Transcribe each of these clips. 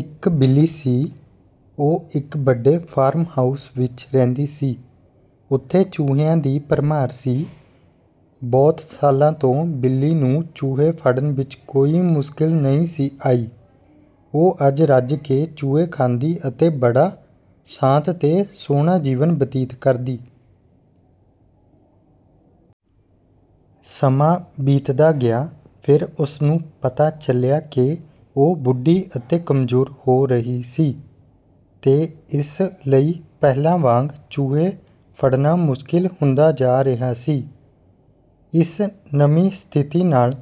ਇੱਕ ਬਿੱਲੀ ਸੀ। ਉਹ ਇੱਕ ਵੱਡੇ ਫਾਰਮ ਹਾਊਸ ਵਿੱਚ ਰਹਿੰਦੀ ਸੀ। ਉੱਥੇ ਚੂਹਿਆਂ ਦੀ ਭਰਮਾਰ ਸੀ। ਬਹੁਤ ਸਾਲਾਂ ਤੋਂ ਬਿੱਲੀ ਨੂੰ ਚੂਹੇ ਫੜਨ ਵਿੱਚ ਕੋਈ ਮੁਸ਼ਕਲ ਨਹੀਂ ਸੀ ਆਈ। ਉਹ ਰੱਜ ਕੇ ਚੂਹੇ ਖਾਂਦੀ ਅਤੇ ਬੜਾ ਸ਼ਾਂਤ ਤੇ ਸੁਹਣਾ ਜੀਵਨ ਬਤੀਤ ਕਰਦੀ। ਸਮਾਂ ਬੀਤਦਾ ਗਿਆ। ਫਿਰ ਉਸਨੂੰ ਪਤਾ ਚੱਲਿਆ ਕਿ ਉਹ ਬੁੱਢੀ ਅਤੇ ਕਮਜ਼ੋਰ ਹੋ ਰਹੀ ਸੀ, ਤੇ ਇਸ ਲਈ ਪਹਿਲਾਂ ਵਾਂਗ ਚੂਹੇ ਫੜਨਾ ਮੁਸ਼ਕਲ ਹੁੰਦਾ ਜਾ ਰਿਹਾ ਸੀ। ਇਸ ਨਵੀਂ ਸਥਿਤੀ ਨਾਲ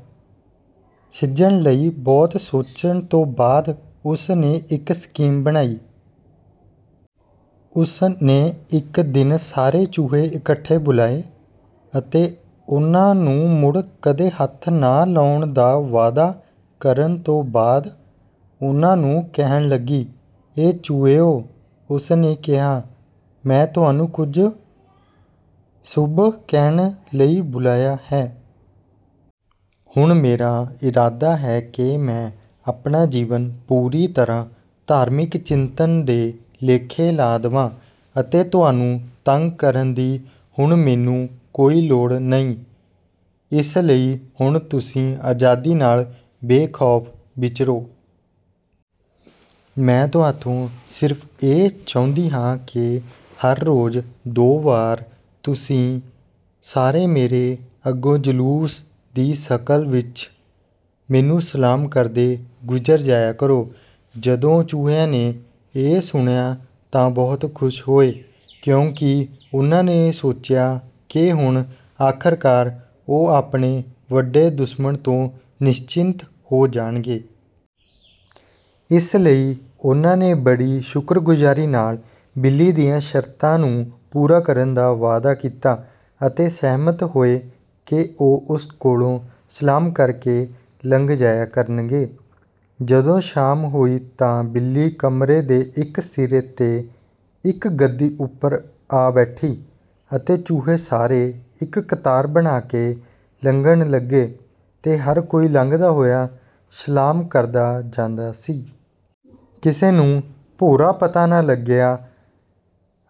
ਸਿੱਝਣ ਲਈ ਬਹੁਤ ਸੋਚਣ ਤੋਂ ਬਾਅਦ ਉਸ ਨੇ ਇੱਕ ਸਕੀਮ ਬਣਾਈ। ਉਸ ਨੇ ਇੱਕ ਦਿਨ ਸਾਰੇ ਚੂਹੇ ਇਕੱਠੇ ਬੁਲਾਏ ਅਤੇ ਉਨ੍ਹਾਂ ਨੂੰ ਮੁੜ ਕਦੇ ਹੱਥ ਨਾ ਲਾਉਣ ਦਾ ਵਾਅਦਾ ਕਰਨ ਤੋਂ ਬਾਅਦ ਉਨ੍ਹਾਂ ਨੂੰ ਕਹਿਣ ਲੱਗੀ, ਏ ਚੂਹਿਓ, ਉਸ ਨੇ ਕਿਹਾ, ਮੈਂ ਤੁਹਾਨੂੰ ਕੁਝ ਸ਼ੁਭ ਕਹਿਣ ਲਈ ਬੁਲਾਇਆ ਹੈ। ਹੁਣ ਮੇਰਾ ਇਰਾਦਾ ਹੈ ਕਿ ਮੈਂ ਆਪਣਾ ਜੀਵਨ ਪੂਰੀ ਤਰ੍ਹਾਂ ਧਾਰਮਿਕ ਚਿੰਤਨ ਦੇ ਲੇਖੇ ਲਾ ਦਵਾਂ ਅਤੇ ਤੁਹਾਨੂੰ ਤੰਗ ਕਰਨ ਦੀ ਹੁਣ ਮੈਨੂੰ ਕੋਈ ਲੋੜ ਨਹੀਂ। ਇਸ ਲਈ ਹੁਣ ਤੁਸੀਂ ਆਜ਼ਾਦੀ ਨਾਲ ਬੇਖ਼ੌਫ਼ ਵਿਚਰੋ। ਮੈਂ ਤੁਹਾਥੋਂ ਸਿਰਫ਼ ਇਹ ਚਾਹੁੰਦੀ ਹਾਂ ਕਿ ਹਰ ਰੋਜ਼ ਦੋ ਵਾਰ ਤੁਸੀਂ ਸਾਰੇ ਮੇਰੇ ਅੱਗੋਂ ਜਲੂਸ ਦੀ ਸ਼ਕਲ ਵਿੱਚ, ਮੈਨੂੰ ਸਲਾਮ ਕਰਦੇ ਗੁਜ਼ਰ ਜਾਇਆ ਕਰੋ।” ਜਦੋਂ ਚੂਹਿਆਂ ਨੇ ਇਹ ਸੁਣਿਆ ਤਾਂ ਬਹੁਤ ਖੁਸ਼ ਹੋਏ, ਕਿਉਂਕਿ ਉਨ੍ਹਾਂ ਨੇ ਸੋਚਿਆ ਕਿ ਹੁਣ, ਆਖ਼ਰਕਾਰ, ਉਹ ਆਪਣੇ ਵੱਡੇ ਦੁਸ਼ਮਣ ਤੋਂ ਨਿਸਚਿੰਤ ਹੋ ਜਾਣਗੇ। ਇਸ ਲਈ ਉਨ੍ਹਾਂ ਨੇ ਬੜੀ ਸ਼ੁਕਰਗੁਜ਼ਾਰੀ ਨਾਲ ਬਿੱਲੀ ਦੀਆਂ ਸ਼ਰਤਾਂ ਨੂੰ ਪੂਰਾ ਕਰਨ ਦਾ ਵਾਅਦਾ ਕੀਤਾ, ਅਤੇ ਸਹਿਮਤ ਹੋਏ ਕਿ ਉਹ ਉਸ ਕੋਲੋਂ ਸਲਾਮ ਕਰ ਕੇ ਲੰਘ ਜਾਇਆ ਕਰਨਗੇ। ਜਦੋਂ ਸ਼ਾਮ ਹੋਈ ਤਾਂ ਬਿੱਲੀ ਕਮਰੇ ਦੇ ਇੱਕ ਸਿਰੇ ’ਤੇ ਇੱਕ ਗੱਦੀ ਉੱਪਰ ਆ ਬੈਠੀ ਅਤੇ ਚੂਹੇ ਸਾਰੇ ਇੱਕ ਕਤਾਰ ਬਣਾ ਕੇ ਲੰਘਣ ਲੱਗੇ, ਤੇ ਹਰ ਕੋਈ ਲੰਘਦਾ ਹੋਇਆ ਸਲਾਮ ਕਰਦਾ ਜਾਂਦਾ ਸੀ। ਕਿਸੇ ਨੂੰ ਭੋਰਾ ਪਤਾ ਨਾ ਲੱਗਿਆ।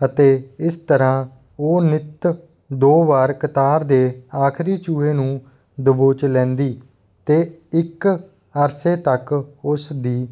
ਅਤੇ ਇਸ ਤਰ੍ਹਾਂ ਉਹ ਨਿੱਤ ਦੋ ਵਾਰ ਕਤਾਰ ਦੇ ਆਖ਼ਰੀ ਚੂਹੇ ਨੂੰ ਦਬੋਚ ਲੈਂਦੀ, ਤੇ ਇੱਕ ਅਰਸੇ ਤੱਕ ਉਸ ਦੀ